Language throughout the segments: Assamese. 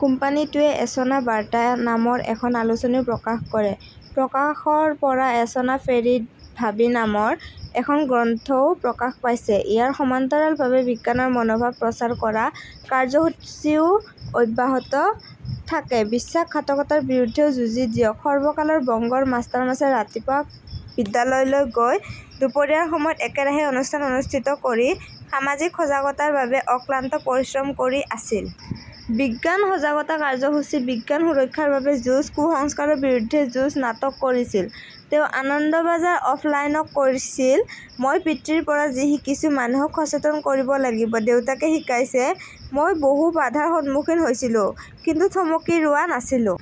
কোম্পানীটোৱে এচনা বাৰ্তা নামৰ এখন আলোচনীও প্ৰকাশ কৰে। প্ৰকাশনৰ পৰা এচনা ফেৰি ভাবী নামৰ এখন গ্ৰন্থও প্ৰকাশ পাইছে। ইয়াৰ সমান্তৰালভাৱে বিজ্ঞানৰ মনোভাৱ প্ৰচাৰ কৰা কাৰ্যসূচীও অব্যাহত থাকে। বিশ্বাসঘাতকতাৰ বিৰুদ্ধেও যুঁজ দিয়ক। সৰ্বকালৰ বংগৰ মাষ্টাৰমাছে ৰাতিপুৱা বিদ্যালয়লৈ গৈ, দুপৰীয়াৰ সময়ত একেৰাহে অনুষ্ঠান অনুষ্ঠিত কৰি, সামাজিক সজাগতাৰ বাবে অক্লান্ত পৰিশ্ৰম কৰি আছিল। বিজ্ঞান সজাগতা কাৰ্যসূচী, বিজ্ঞান সুৰক্ষাৰ বাবে যুঁজ, কুসংস্কাৰৰ বিৰুদ্ধে যুঁজ, নাটক‌ কৰিছিল। তেওঁ আনন্দবাজাৰ অফলাইনক কৈছিল, মই পিতৃৰ পৰা যি শিকিছো, মানুহক সচেতন কৰিব লাগিব। দেউতাকে শিকাইছে। মই বহু বাধাৰ সন্মুখীন হৈছিলো, কিন্তু থমকি ৰোৱা নাছিলো।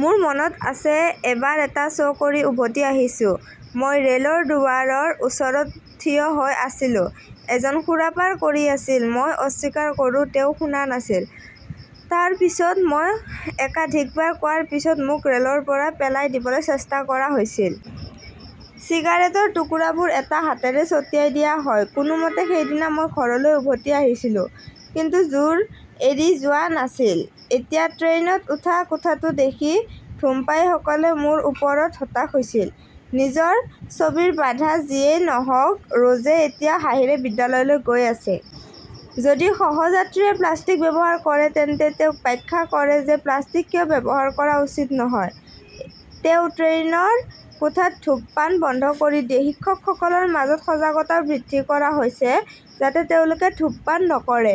মোৰ মনত আছে, এবাৰ এটা শ্ব' কৰি উভতি আহিছোঁ। মই ৰেলৰ দুৱাৰৰ ওচৰত থিয় হৈ আছিলো। এজন সুৰাপান কৰি আছিল। মই অস্বীকাৰ কৰোঁ। তেওঁ শুনা নাছিল। তাৰ পিছতো মই একাধিকবাৰ কোৱাৰ পিছত মোক ৰেলৰ পৰা পেলাই দিবলৈ চেষ্টা কৰা হৈছিল। চিগাৰেটৰ টুকুৰাবোৰ এটা হাতেৰে ছটিয়াই দিয়া হয়। কোনোমতে সেইদিনা মই ঘৰলৈ উভতি আহিছিলো। কিন্তু জোৰ এৰি যোৱা নাছিল। এতিয়া ট্ৰেইনত উঠা কোঠাটো দেখি ধূমপায়ীসকলে মোৰ ওপৰত হতাশ হৈছিল। নিজৰ ছবিৰ বাধা যিয়েই নহওঁক, ৰোজে এতিয়াও হাঁহিৰে বিদ্যালয়লৈ গৈ আছে। যদি সহ-যাত্ৰীয়ে প্লাষ্টিক ব্যৱহাৰ কৰে তেন্তে তেওঁক ব্যাখ্যা কৰে যে প্লাষ্টিক কিয় ব্যৱহাৰ কৰা উচিত নহয়। তেওঁ ট্ৰেইনৰ কোঠাত ধূপপান বন্ধ কৰি দিছে। শিক্ষকসকলৰ মাজত সজাগতাও বৃদ্ধি কৰা হৈছে যাতে তেওঁলোকে ধূপপান নকৰে।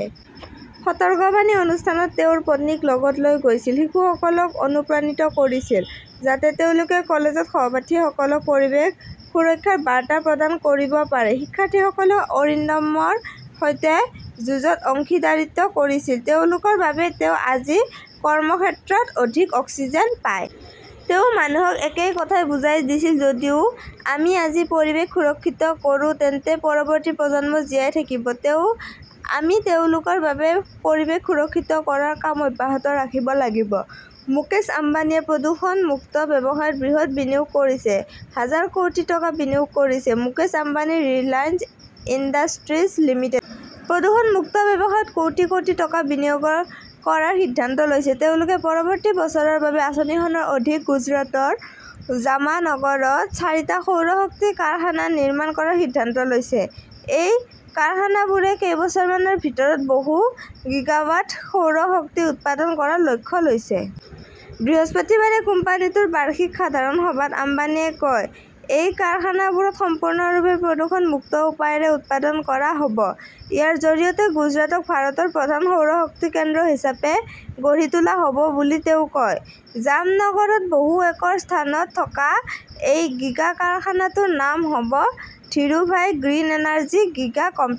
সতৰ্কবাণী অনুষ্ঠানত তেওঁৰ পত্নীক লগত লৈ গৈছিল। শিশুসকলক অনুপ্ৰাণিত কৰিছিল, যাতে তেওঁলোকে কলেজত সহপাঠীসকলক পৰিৱেশ সুৰক্ষাৰ বাৰ্তা প্ৰদান কৰিব পাৰে। শিক্ষাৰ্থীসকলেও অৰিণ্ডমৰ সৈতে যুঁজত অংশীদাৰীত্ব কৰিছে। তেওঁলোকৰ বাবেই তেওঁ আজি কৰ্মক্ষেত্ৰত অধিক অক্সিজেন পায়। তেওঁ মানুহক একেই কথা বুজাই দিছিল, যদি আমি আজি পৰিৱেশ সুৰক্ষিত কৰোঁ, তেন্তে পৰৱৰ্তী প্ৰজন্ম জীয়াই থাকিব। আমি তেওঁলোকৰ বাবে পৰিৱেশ সুৰক্ষিত কৰাৰ কাম অব্যাহত ৰাখিব লাগিব। মুকেশ আম্বানীয়ে প্ৰদূষণ-মুক্ত ব্যৱসায়ত বৃহৎ বিনিয়োগ কৰিছে, হাজাৰ কোটি টকা বিনিয়োগ কৰিছে মুকেশ আম্বানীৰ ৰিলায়েন্স ইণ্ডাষ্ট্ৰীজ লিমিটেডে। প্ৰদূষণ-মুক্ত ব্যৱসায়ত কোটি কোটি টকা বিনিয়োগ কৰাৰ সিদ্ধান্ত লৈছে। তেওঁলোকে পৰৱৰ্তী বছৰৰ বাবে আঁচনিখনৰ অধীনত গুজৰাটৰ জামানগৰত চাৰিটা সৌৰ শক্তি কাৰখানা নিৰ্মাণ কৰাৰ সিদ্ধান্ত লৈছে। এই কাৰখানাবোৰে কেইবছৰমানৰ ভিতৰত‌ বহু গিগাৱাট সৌৰ শক্তি উৎপাদন কৰাৰ লক্ষ্য লৈছে। বৃহস্পতিবাৰে কোম্পানীটোৰ বাৰ্ষিক সাধাৰণ সভাত আম্বানীয়ে কয়, এই কাৰখানাবোৰত সম্পূৰ্ণৰূপে প্ৰদূষণ-মুক্ত উপায়েৰে উৎপাদন কৰা হ'ব। ইয়াৰ জৰিয়তে গুজৰাটক ভাৰতৰ প্ৰধান সৌৰ শক্তি কেন্দ্ৰ হিচাপে গঢ়ি তোলা হ'ব বুলি তেওঁ কয়। জামনগৰত বহু একৰ স্থানত থকা এই গিগা কাৰখানাটোৰ নাম হ'ব ধীৰুভাই গ্ৰীণ এনাৰ্জি গিগা কম ।